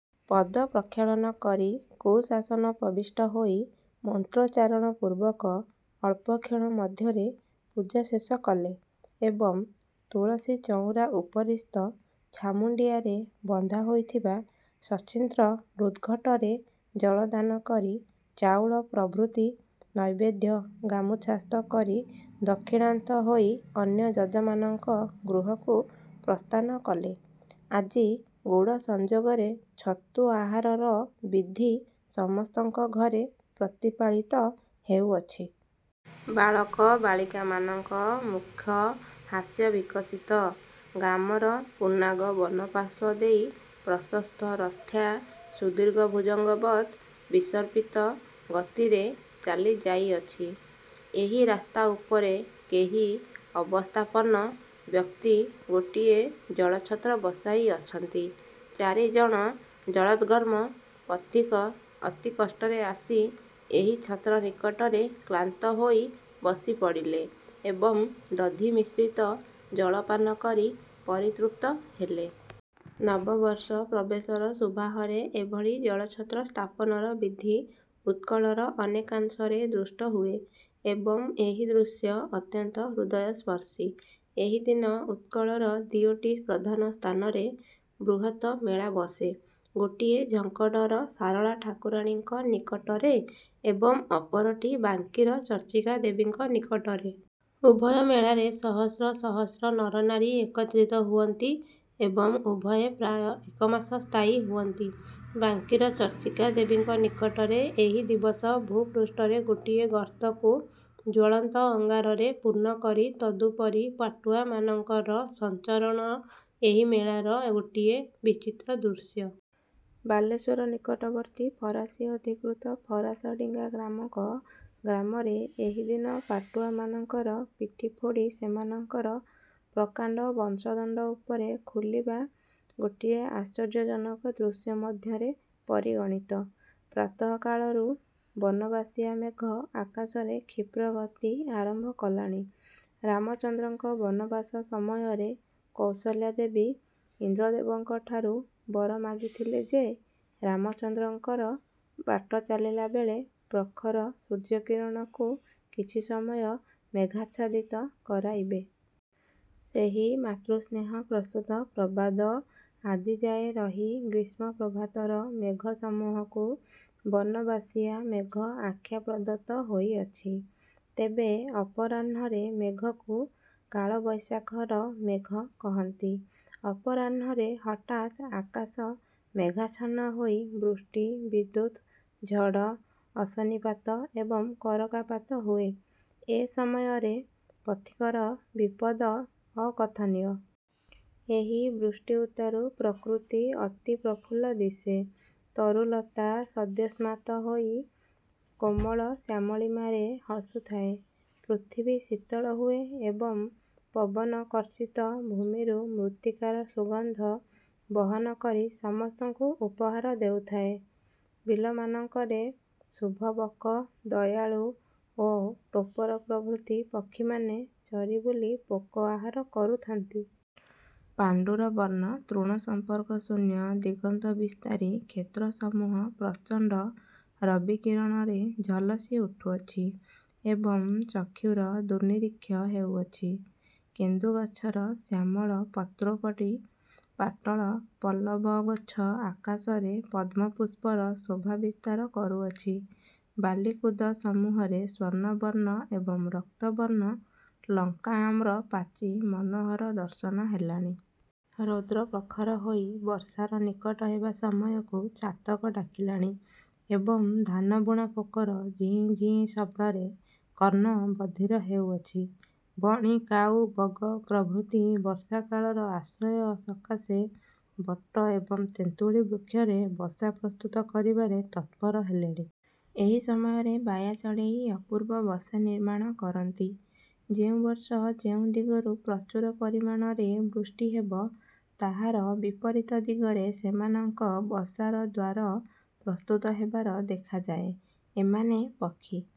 ପଦପ୍ରକ୍ଷାଳନ କରି କୁଶାସନୋପବିଷ୍ଟ ହୋଇ ମନ୍ତ୍ରୋଚ୍ଚାରଣପୂର୍ବକ ଅଳ୍ପକ୍ଷଣ ମଧ୍ୟରେ ପୂଜା ଶେଷ କଲେ ଏବଂ ତୁଳସୀଚଉରା ଉପରିସ୍ଥ ଛାମୁଣ୍ଡିଆରେ ବନ୍ଧା ହୋଇଥିବା ସଚ୍ଛିଦ୍ର ମୃଦ୍ଘଟରେ ଜଳଦାନ କରି ଚାଉଳ ପ୍ରଭୃତି ନୈବେଦ୍ୟ ଗାମୁଛାସ୍ଥ କରି ଦକ୍ଷିଣାନ୍ତ ହୋଇ ଅନ୍ୟ ଯଜମାନଙ୍କ ଗୃହକୁ ପ୍ରସ୍ଥାନ କଲେ। ଆଜି ଗୁଡ଼ସଂଯୋଗରେ ଛତୁ ଆହାରର ବିଧି ସମସ୍ତଙ୍କ ଘରେ ପ୍ରତିପାଳିତ ହେଉଅଛି। ବାଳକ ବାଳିକାମାନଙ୍କ ମୁଖ ହାସ୍ୟବିକଶିତ। ଗ୍ରାମର ପୁନ୍ନାଗ ବନ ପାର୍ଶ୍ୱ ଦେଇ ପ୍ରଶସ୍ତ ରଥ୍ୟା ସୁଦୀର୍ଘଭୁଜଙ୍ଗବତ୍ ବିସର୍ପିତ ଗତିରେ ଚାଲି ଯାଇଅଛି। ଏହି ରାସ୍ତା ଉପରେ କେହି ଅବସ୍ଥାପନ୍ନ ବ୍ୟକ୍ତି ଗୋଟିଏ ଜଳଛତ୍ର ବସାଇଅଛନ୍ତି। ଚାରି ଜଣ ଜଳଦ୍ଘର୍ମ ପଥିକ ଅତିକଷ୍ଟରେ ଆସି ଏହି ଛତ୍ର ନିକଟରେ କ୍ଳାନ୍ତ ହୋଇ ବସି ପଡ଼ିଲେ ଏବଂ ଦଧିମିଶ୍ରିତ ଜଳ ପାନ କରି ପରିତୃପ୍ତ ହେଲେ। ନବ-ବର୍ଷ ପ୍ରବେଶର ଶୁଭାହରେ ଏଭଳି ଜଳଛତ୍ର ସ୍ଥାପନର ବିଧି ଉତ୍କଳର ଅନେକାଂଶରେ ଦୃଷ୍ଟ ହୁଏ ଏବଂ ଏହି ଦୃଶ୍ୟ ଅତ୍ୟନ୍ତ ହୃଦୟସ୍ପର୍ଶୀ। ଏହି ଦିନ ଉତ୍କଳର ଦିଓଟି ପ୍ରଧାନ ସ୍ଥାନରେ ବୃହତ୍ ମେଳା ବସେ। ଗୋଟିଏ ଝଙ୍କଡ଼ର ଶାରଳା ଠାକୁରାଣୀଙ୍କ ନିକଟରେ ଏବଂ ଅପରଟି ବାଙ୍କିର ଚର୍ଚ୍ଚିକା ଦେବୀଙ୍କ ନିକଟରେ। ଉଭୟ ମେଳାରେ ସହସ୍ର ସହସ୍ର ନରନାରୀ ଏକତ୍ରିତ ହୁଅନ୍ତି ଏବଂ ଉଭୟେ ପ୍ରାୟ ଏକ ମାସ ସ୍ଥାୟୀ ହୁଅନ୍ତି। ବାଙ୍କିର ଚର୍ଚ୍ଚିକା ଦେବୀଙ୍କ ନିକଟରେ ଏହି ଦିବସ ଭୂପୃଷ୍ଠରେ ଗୋଟିଏ ଗର୍ତ୍ତକୁ ଜ୍ୱଳନ୍ତ ଅଙ୍ଗାରରେ ପୂର୍ଣ୍ଣ କରି ତଦୁପରି ପାଟୁଆ ମାନଙ୍କର ସଞ୍ଚରଣ ଏହି ମେଳାର ଗୋଟିଏ ବିଚିତ୍ର ଦୃଶ୍ୟ। ବାଲେଶ୍ୱର ନିକଟବର୍ତ୍ତୀ ଫରାସୀ ଅଧିକୃତ ଫରାସଡ଼ିଙ୍ଗା ନାମକ ଗ୍ରାମରେ ଏହି ଦିନ 'ପାଟୁଆ' ମାନଙ୍କର ପିଠି ଫୋଡ଼ି ସେମାନଙ୍କର ପ୍ରକାଣ୍ଡ ବଂଶଦଣ୍ଡ ଉପରେ ଖୁଲିବା ଗୋଟିଏ ଆଶ୍ଚର୍ଯ୍ୟଜନକ ଦୃଶ୍ୟ ମଧ୍ୟରେ ପରିଗଣିତ। ପ୍ରାତଃକାଳରୁ ବନବାସିଆ ମେଘ ଆକାଶରେ କ୍ଷିପ୍ରଗତି ଆରମ୍ଭ କଲାଣି। ରାମଚନ୍ଦ୍ରଙ୍କ ବନବାସ ସମୟରେ କୌଶଲ୍ୟା ଦେବୀ ଇନ୍ଦ୍ରଦେବଙ୍କଠାରୁ ବର ମାଗିଥିଲେ ଯେ ରାମଚନ୍ଦ୍ରଙ୍କର ବାଟ ଚାଲିଲାବେଳେ ପ୍ରଖର ସୂର୍ଯ୍ୟକିରଣକୁ କିଛି ସମୟ ମେଘାଚ୍ଛାଦିତ କରାଇବେ। ସେହି ମାତୃସ୍ନେହପ୍ରସୂତ ପ୍ରବାଦ ଆଜିଯାଏ ରହି ଗ୍ରୀଷ୍ମ ପ୍ରଭାତର ମେଘସମୂହକୁ ବନବାସିଆ ମେଘ ଆଖ୍ୟା ପ୍ରଦତ୍ତ ହୋଇଅଛି। ତେବେ ଅପରାହ୍ନରେ ମେଘକୁ "କାଳ ବୈଶାଖ"ର ମେଘ କହନ୍ତି। ଅପରାହ୍ଣରେ ହଠାତ୍ ଆକାଶ ମେଘାଚ୍ଛନ୍ନ ହୋଇ ବୃଷ୍ଟି, ବିଦ୍ୟୁତ୍ ଝଡ଼ ଅଶନିପାତ ଏବଂ କରକାପାତ ହୁଏ। ଏ ସମୟରେ ପଥିକର ବିପଦ ଅକଥନୀୟ। ଏହି ବୃଷ୍ଟି ଉତ୍ତାରୁ ପ୍ରକୃତି ଅତି ପ୍ରଫୁଲ୍ଲ ଦିଶେ। ତରୁ ଲତା ସଦ୍ୟସ୍ନାତ ହୋଇ କୋମଳ ଶ୍ୟାମଳିମାରେ ହସୁଥାଏ। ପୃଥିବୀ ଶୀତଳ ହୁଏ ଏବଂ ପବନ କର୍ଷିତ ଭୂମିରୁ ମୃତ୍ତିକାର ସୁଗନ୍ଧ ବହନ କରି ସମସ୍ତଙ୍କୁ ଉପହାର ଦେଉଥାଏ। ବିଲମାନଙ୍କରେ ଶୁଭ ବକ, ଦୟାଳୁ ଓ ଟୋପର ପ୍ରଭୃତି ପକ୍ଷିମାନେ ଚରି ବୁଲି ପୋକ ଆହାର କରୁଥାନ୍ତି। ପାଣ୍ଡୁରବର୍ଣ୍ଣ ତୃଣସମ୍ପର୍କଶୂନ୍ୟ ଦିଗନ୍ତବିସ୍ତାରୀ କ୍ଷେତ୍ରସମୂହ ପ୍ରଚଣ୍ଡ ରବିକିରଣରେ ଝଲସି ଉଠୁଅଛି ଏବଂ ଚକ୍ଷୁର ଦୁର୍ନିରୀକ୍ଷ ହେଉଅଛି। କେନ୍ଦୁ ଗଛର ଶ୍ୟାମଳ ପତ୍ରୋପରି ପାଟଳ ପଲ୍ଲବଗୁଚ୍ଛ ଆକାଶରେ ପଦ୍ମ ପୁଷ୍ପର ଶୋଭା ବିସ୍ତାର କରୁଅଛି। ବାଲିକୁଦସମୂହରେ ସ୍ୱର୍ଣ୍ଣବର୍ଣ୍ଣ ଏବଂ ରକ୍ତବର୍ଣ୍ଣ ଲଙ୍କା ଆମ୍ର ପାଚି ମନୋହର ଦର୍ଶନ ହେଲାଣି। ରୌଦ୍ର ପ୍ରଖର ହୋଇ ବର୍ଷାର ନିକଟ ହେବା ସମୟକୁ ଚାତକ ଡାକିଲାଣି ଏବଂ ଧାନବୁଣା ପୋକର ଝିଁ ଝିଁ ଶବ୍ଦରେ କର୍ଣ୍ଣ ବଧିର ହେଉଅଛି। ବଣି, କାଉ, ବଗ ପ୍ରଭୃତି ବର୍ଷାକାଳର ଆଶ୍ରୟ ସକାଶେ ବଟ ଏବଂ ତେନ୍ତୁଳି ବୃକ୍ଷରେ ବସା ପ୍ରସ୍ତୁତ କରିବାରେ ତତ୍ପର ହେଲେଣି। ଏହି ସମୟରେ ବାୟା ଚଢ଼େଇ ଅପୂର୍ବ ବସା ନିର୍ମାଣ କରନ୍ତି। ଯେଉଁ ବର୍ଷ ଯେଉଁ ଦିଗରୁ ପ୍ରଚୁର ପରିମାଣରେ ବୃଷ୍ଟି ହେବ, ତାହାର ବିପରୀତ ଦିଗରେ ସେମାନଙ୍କ ବସାର ଦ୍ୱାର ପ୍ରସ୍ତୁତ ହେବାର ଦେଖାଯାଏ ଏମାନେ ପକ୍ଷୀ